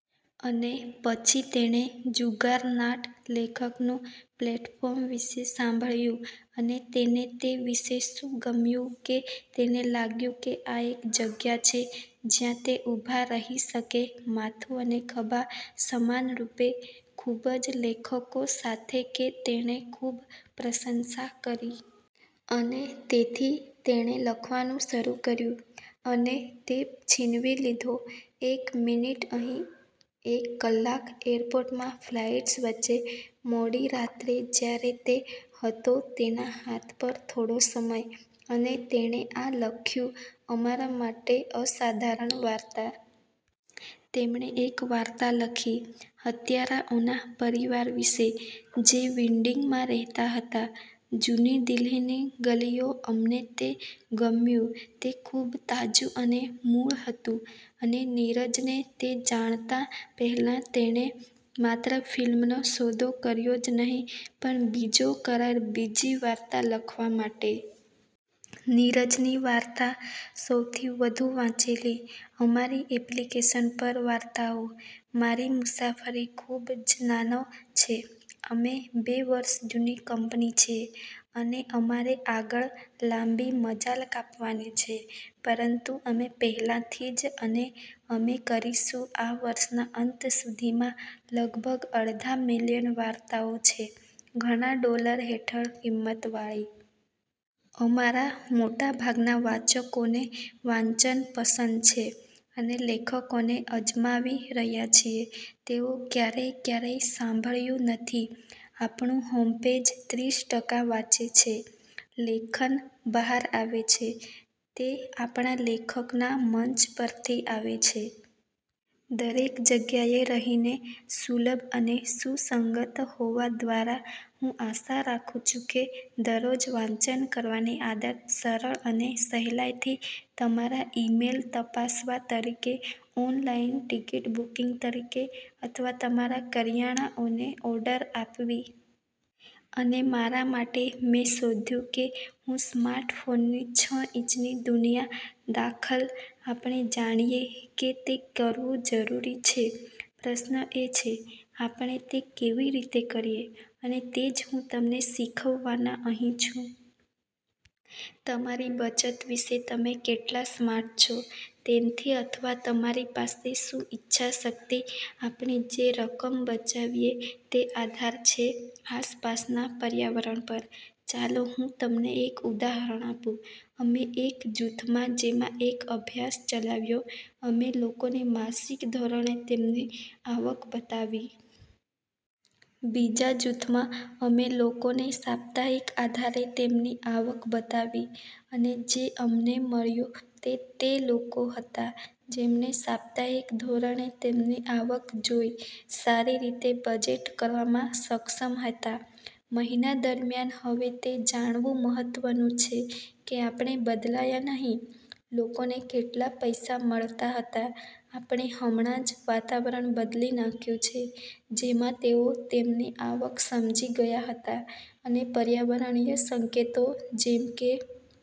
અને પછી તેણે જુગારનાટ લેખકનું પ્લેટફોર્મ વિશે સાંભળ્યું. અને તેને તે વિશે શું ગમ્યું કે તેને લાગ્યું કે આ એક જગ્યા છે જ્યાં તે ઉભા રહી શકે માથું અને ખભા, સમાનરૂપે, ખૂબ જ લેખકો સાથે કે તેણે ખૂબ પ્રશંસા કરી. અને તેથી તેણે લખવાનું શરૂ કર્યું. અને તે છીનવી લીધો એક મિનિટ અહીં, એક કલાક, એરપોર્ટમાં ફ્લાઇટ્સ વચ્ચે, મોડી રાત્રે, જ્યારે તે હતો તેના હાથ પર થોડો સમય. અને તેણે આ લખ્યું અમારા માટે અસાધારણ વાર્તા. તેમણે એક વાર્તા લખી હત્યારાઓના પરિવાર વિશે જે વિન્ડિંગમાં રહેતા હતા જૂની દિલ્હીની ગલીઓ. અમને તે ગમ્યું, તે ખૂબ તાજું અને મૂળ હતું. અને નીરજને તે જાણતા પહેલા, તેણે માત્ર ફિલ્મનો સોદો કર્યો જ નહીં પણ બીજો કરાર બીજી વાર્તા લખવા માટે. નીરજની વાર્તા સૌથી વધુ વાંચેલી છે અમારી એપ્લિકેશન પર વાર્તાઓ. મારી મુસાફરી ખૂબ જ નાનો છે. અમે બે વર્ષ જૂની કંપની છીએ, અને અમારે આગળ લાંબી મજલ કાપવાની છે. પરંતુ અમે પહેલાથી જ, અને અમે કરીશું આ વર્ષના અંત સુધીમાં, લગભગ અડધા મિલિયન વાર્તાઓ છે, ઘણા ડોલર હેઠળ કિંમતવાળી. અમારા મોટાભાગના વાચકોને વાંચન પસંદ છે અને લેખકોને અજમાવી રહ્યા છીએ તેઓ ક્યારેય ક્યારેય સાંભળ્યું નથી. આપણું હોમ પેજ ત્રીસ ટકા વાંચે છે લેખન બહાર આવે છે તે આપણા લેખકના મંચ પરથી આવે છે. દરેક જગ્યાએ રહીને, સુલભ અને સુસંગત હોવા દ્વારા, હું આશા રાખું છું કે દરરોજ વાંચન કરવાની આદત, સરળ અને સહેલાઇથી તમારા ઇમેઇલ તપાસવા તરીકે, ઓનલાઇન ટિકિટ બુકિંગ તરીકે અથવા તમારી કરિયાણાઓને ઓર્ડર આપવી. અને મારા માટે, મે શોધ્યું કે હું સ્માર્ટફોનની છ ઇંચની દુનિયા દાખલ। આપણે જાણીએ કે તે કરવું જરૂરી છે. પ્રશ્ન એ છે: આપણે તે કેવી રીતે કરીએ? અને તેજ હું તમને શીખવવાના અહીં છું. તમારી બચત વિશે તમે કેટલા સ્માર્ટ છો તેનથી અથવા તમારી પાસે શું ઈચ્છાશક્તિ આપણે જે રકમ બચાવીએ, તે આધાર છે આસપાસના પર્યાવરણ પર. ચાલો હું તમને એક ઉદાહરણ આપું. અમે એક જૂથમાં જેમાં એક અભ્યાસ ચલાવ્યો, અમે લોકોને માસિક ધોરણે તેમની આવક બતાવી. બીજા જૂથમાં, અમે લોકોને સાપ્તાહિક આધારે તેમની આવક બતાવી. અને જે અમને મળ્યું તે તે લોકો હતા જેમણે સાપ્તાહિક ધોરણે તેમની આવક જોઇ સારી રીતે બજેટ કરવામાં સક્ષમ હતા મહિના દરમ્યાન. હવે, તે જાણવું મહત્વ નુછે કે આપણે બદલાયા નહીં લોકોને કેટલા પૈસા મળતા હતા, આપણે હમણાં જ વાતાવરણ બદલી નાખ્યું છે જેમાં તેઓ તેમની આવક સમજી ગયા હતા. અને પર્યાવરણીય સંકેતો જેમ કે